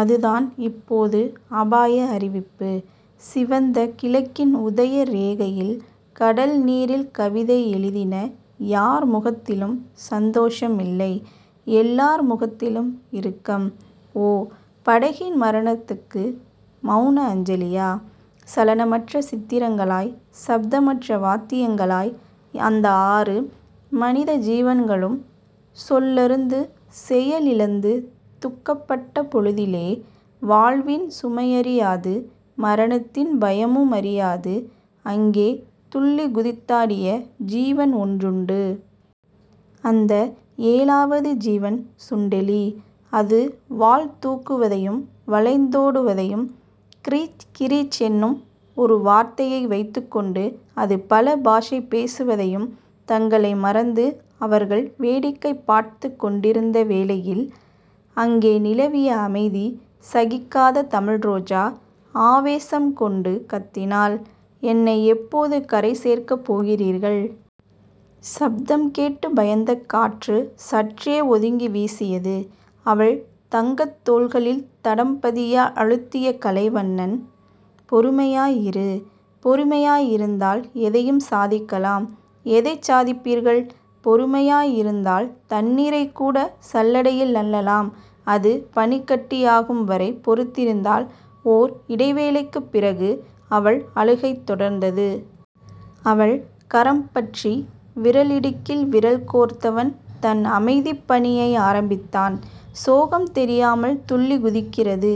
அதுதான் இப்போது அபாய அறிவிப்பு. சிவந்த கிழக்கின் உதயரேகைகள் கடல்நீரில் கவிதை எழுதின. யார் முகத்திலும் சந்தோஷமில்லை. எல்லார் முகத்திலும் இறுக்கம். ஓ. படகின் மரணத்துக்கு மெளனாஞ்சலியா? சலனமற்ற சித்திரங்களாய் சப்தமற்ற வாத்தியங்களாய் அந்த ஆறு மனித ஜீவன்களும் சொல்லறுந்து செயலிழந்து துக்கப்பட்ட பொழுதிலே வாழ்வின் சுமையறியாது, மரணத்தின் பயமுமறியாது அங்கே துள்ளிக் குதித்தாடிய ஜீவன் ஒன்றுண்டு. அந்த ஏழாவது ஜீவன் சுண்டெலி. அது வால் தூக்குவதையும் வளைந்தோடு வதையும் கிரீச் கிரீச்சென்னும் ஒரு வார்த்தையை வைத்துக்கொண்டு அது பல பாஷை பேசுவதையும் தங்களை மறந்து அவர்கள் வேடிக்கை பார்த்துக்கொண்டிருந்த வேளையில் அங்கே நிலவிய அமைதி சகிக்காத தமிழ்ரோஜா ஆவேசம் கொண்டு கத்தினாள். என்னை எப்போது கரை சேர்க்கப்போகிறீர்கள்? சப்தம் கேட்டுப் பயந்த காற்று சற்றே ஒதுங்கி வீசியது. அவள் தங்கத் தோள்களில் தடம்பதிய அழுத்திய கலைவண்ணன் பொறுமையாய் இரு. பொறுமையாயிருந்தால் எதையும் சாதிக்கலாம். எதைச் சாதிப்பீர்கள்? பொறுமையாயிருந்தால் தண்ணீரைக் கூடச் சல்லடையில் அள்ளலாம் அது பனிக் கட்டியாகும்வரை பொறுத்திருந்தால் ஓர் இடைவேளைக்குப் பிறகு அவள் அழுகை தொடர்ந்தது. அவள் கரம்பற்றி விரல் இடுக்கில் விரல் கோத்தவன் தன் அமைதிப்பணியை ஆரம்பித்தான். சோகம் தெரியாமல் துள்ளிக்குதிக்கிறது.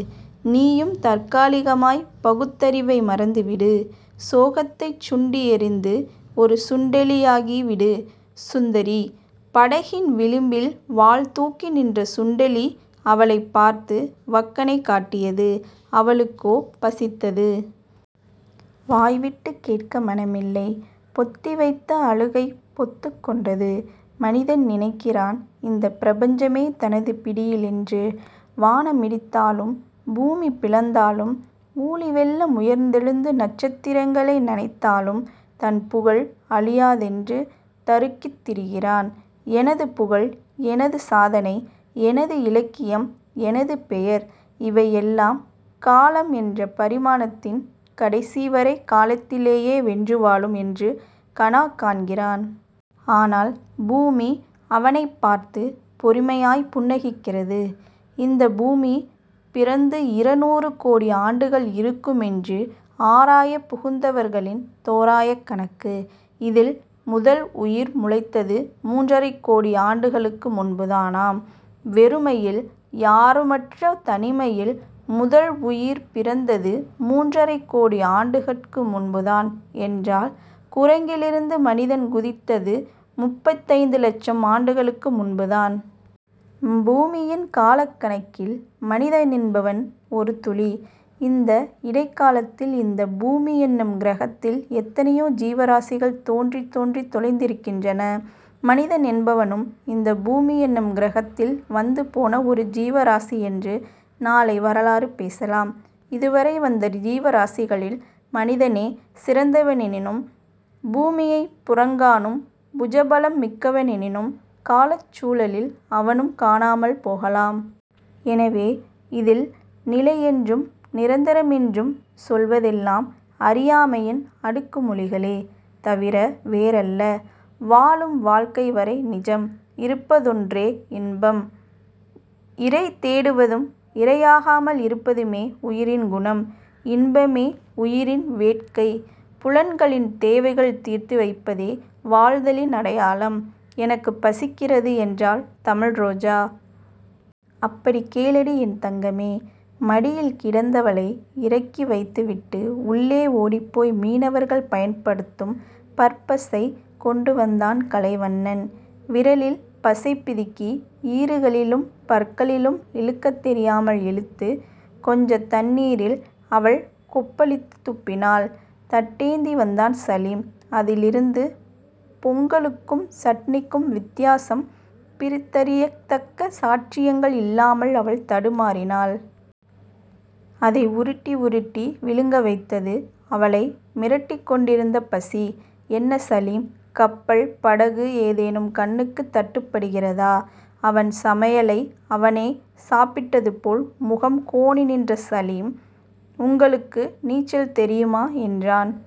நீயும் தற்காலிகமாய்ப் பகுத்தறிவை மறந்துவிடு. சோகத்தைச் சுண்டி எறிந்து ஒரு சுண்டெலியாகி விடு சுந்தரி.. படகின் விளிம்பில் வால்தூக்கி நின்ற சுண்டெலி அவளைப் பார்த்து வக்கணை காட்டியது. அவளுக்கோ பசித்தது. வாய்விட்டுக் கேட்க மனமில்லை. பொத்திவைத்த அழுகை பொத்துக் கொண்டது. மனிதன் நினைக்கிறான் இந்தப் பிரபஞ்சமே தனது பிடியிலென்று. வானம் இடிந்தாலும் பூமி பிளந்தாலும் ஊழிவெள்ளம் உயர்ந்தெழுந்து நட்சத்திரங்ளை நனைத்தாலும் தன் புகழ் அழியாதென்று தருக்கித் திரிகிறான். எனது புகழ் எனது சாதனை எனது இலக்கியம் எனது பெயர் இவையெல்லாம் காலம் என்ற பரிமாணத்தின் கடைசி வரை, காலத்தையே வென்றுவாழும் என்று கனாக்காண்கிறான். ஆனால், பூமி அவனைப் பார்த்துப் பொறுமையாய்ப் புன்னகைக்கிறது. இந்தப் பூமி பிறந்து இருநூறு கோடி ஆண்டுகள் இருக்குமென்று ஆராயப் புகுந்தவர்களின் தோராயக் கணக்கு. இதில் முதல் உயிர் முளைத்தது முன்றரைக் கோடி ஆண்டுகளுக்கு முன்புதானாம். வெறுமையில்... யாருமற்ற தனிமையில். முதல் உயிர் பிறந்தது முன்றரைக் கோடி ஆண்டுகட்கு முன்புதான் என்றால் குரங்கிலிருந்து மனிதன் குதித்தது முப்பத்தைந்து லட்சம் ஆண்டுகளுக்கு முன்புதான். பூமியின் காலக்கணக்கில் மனிதன் என்பவன் ஒரு துளி. இந்த இடைக்காலத்தில் இந்தப் பூமி என்னும் கிரகத்தில் எத்தனையோ ஜீவராசிகள் தோன்றித் தோன்றித் தொலைந்திருக்கின்றன. மனிதன் என்பவனும் இந்தப் பூமி என்னும் கிரகத்தில் வந்துபோன ஒரு ஜீவராசி என்று நாளை வரலாறு பேசலாம். இதுவரை வந்த ஜீவராசிகளில் மனிதனே சிறந்தவனெனினும் பூமியைப் புறங்காணும் புஜபலம் மிக்கவனெனினும் காலச்சூழலில் அவனும் காணாமல் போகலாம். எனவே இதில் நிலை என்றும் நிரந்தரமென்றும் சொல்வதெல்லாம் அறியாமையின் அடுக்குமொழிகளே தவிர வேறல்ல. வாழும் வாழ்க்கை வரை நிஜம். இருப்பதொன்றே இன்பம். இரை தேடுவதும் இரையாகாமல் இருப்பதுமே உயிரின் குணம். இன்பமே உயிரின் வேட்கை. புலன்களின் தேவைகள் தீர்த்து வைப்பதே வாழ்தலின் அடையாளம். எனக்குப் பசிக்கிறது என்றாள் தமிழ் ரோஜா. அப்படிக் கேளடி என் தங்கமே. மடியில் கிடந்தவளை இறக்கிவைத்துவிட்டு, உள்ளே ஓடிப்போய் மீனவர்கள் பயன்படுத்தும் பற்பசை கொண்டுவந்தான் கலைவண்ணன். விரலில் பசைபிதுக்கி ஈறுகளிலும் பற்களிலும் இழுக்கத் தெரியாமல் இழுத்து, கொஞ்சத் தண்ணீரில் அவள் கொப்பளித்துத் துப்பினாள். தட்டேந்தி வந்தான் சலீம். அதிலிருந்த பொங்கலுக்கும் சட்னிக்கும் வித்தியாசம் பிரித்தறியத்தக்க சாட்சியங்கள் இல்லாமல் அவள் தடுமாறினாள். அதை உருட்டி உருட்டி விழுங்கவைத்தது அவளை மிரட்டிக்கொண்டிருந்த பசி. என்ன சலீம். கப்பல், படகு ஏதேனும் கண்ணுக்குத் தட்டுப்படுகிறதா? அவன் சமையலை அவனே சாப்பிட்டதுபோல் முகம் கோணிநின்ற சலீம் உங்களுக்கு நீச்சல் தெரியுமா? என்றான்.